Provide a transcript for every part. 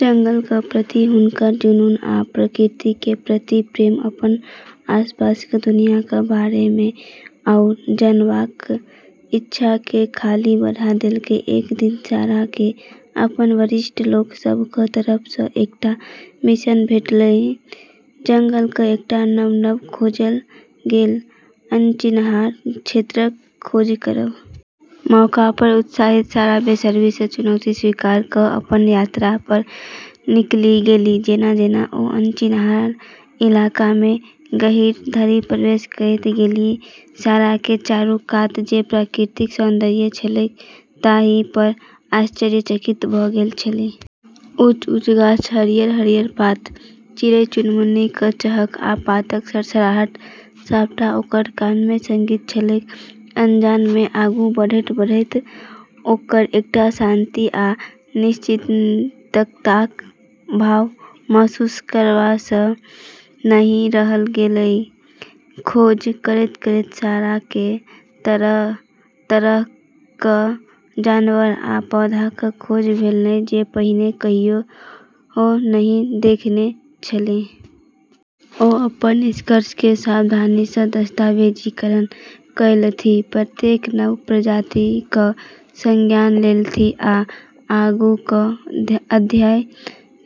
जंगलक प्रति हुनकर जुनून आ प्रकृति केँ प्रति प्रेम अपन आसपासक दुनियाक बारे मे आउर जानबाक इच्छा केँ खाली बढ़ा देलकै। एक दिन सारा केँ अपन वरिष्ठ लोक सभक तरफ सँ एकटा मिशन भेटलैन: जंगलक एकटा नव-नव खोजल गेल, अनचिन्हार क्षेत्रक खोज करब। मौका पर उत्साहित सारा बेसब्री सँ चुनौती स्वीकार कऽ अपन यात्रा पर निकलि गेलीह। जेना-जेना ओ अनचिन्हार इलाका मे गहींर धरि प्रवेश करैत गेलीह, सारा केँ चारू कात जे प्राकृतिक सौन्दर्य छलैक ताहि पर आश्चर्यचकित भऽ गेल छलीह। ऊँच-ऊँच गाछ, हरियर-हरियर पात, चिड़ै-चुनमुनीक चहक आ पातक सरसराहट सबटा ओकर कान मे संगीत छलैक। अनजान मे आगू बढ़ैत-बढ़ैत ओकरा एकटा शांति आ निश्चिन्तताक भाव महसूस करबा सँ नहि रहल गेलैक। खोज करैत-करैत सारा केँ तरह-तरहक जानवर आ पौधाक खोज भेलैन जे पहिने कहियो नहि देखने छलीह। ओ अपन निष्कर्ष केँ सावधानी सँ दस्तावेजीकरण कएलथि, प्रत्येक नव प्रजातिक संज्ञान लेलथि आ आगूक अध्ययन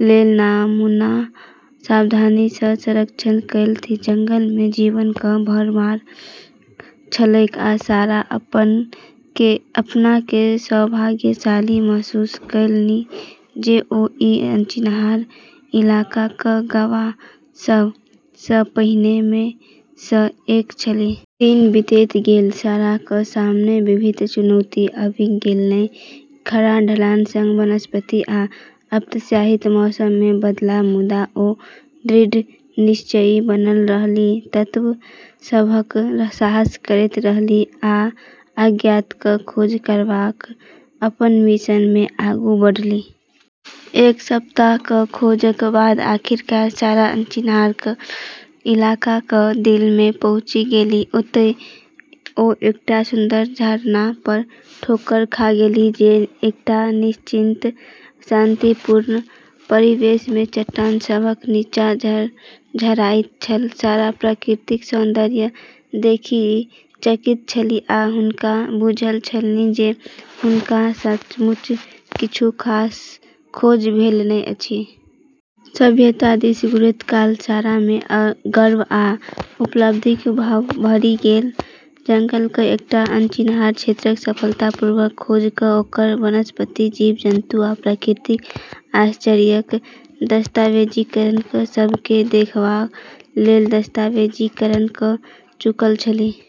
लेल नमूनाक सावधानी सँ संरक्षण कएलथि। जंगल मे जीवनक भरमार छलैक, आ सारा अपना केँ सौभाग्यशाली महसूस कएलनि जे ओ ई अनचिन्हार इलाकाक गवाह सब सँ पहिने मे सँ एक छलीह। दिन बीतैत गेल, साराक सामने विभिन्न चुनौती आबि गेलैन, खड़ा ढलान, सघन वनस्पति, आ अप्रत्याशित मौसम मे बदलाव। मुदा ओ दृढ़ निश्चयी बनल रहलीह, तत्व सभक साहस करैत रहलीह आ अज्ञातक खोज करबाक अपन मिशन मे आगू बढ़लीह। एक सप्ताहक खोजक बाद आखिरकार सारा अनचिन्हार इलाकाक दिल मे पहुँची गेलीह। ओतय ओ एकटा सुन्दर झरना पर ठोकर खा गेलीह, जे एकटा निश्चिंत, शांतिपूर्ण परिवेश मे चट्टान सभक नीचाँ झरझराइत छल। सारा प्राकृतिक सौन्दर्य देखि चकित छलीह, आ हुनका बुझल छलनि जे हुनका सचमुच किछु खास खोज भेलैन अछि। सभ्यता दिस घुरैत काल सारा मे गर्व आ उपलब्धिक भाव भरि गेल। जंगलक एकटा अनचिन्हार क्षेत्रक सफलतापूर्वक खोज कऽ ओकर वनस्पति, जीव-जन्तु आ प्राकृतिक आश्चर्यक दस्तावेजीकरण कऽ सब केँ देखबा लेल दस्तावेजीकरण कऽ चुकल छलीह।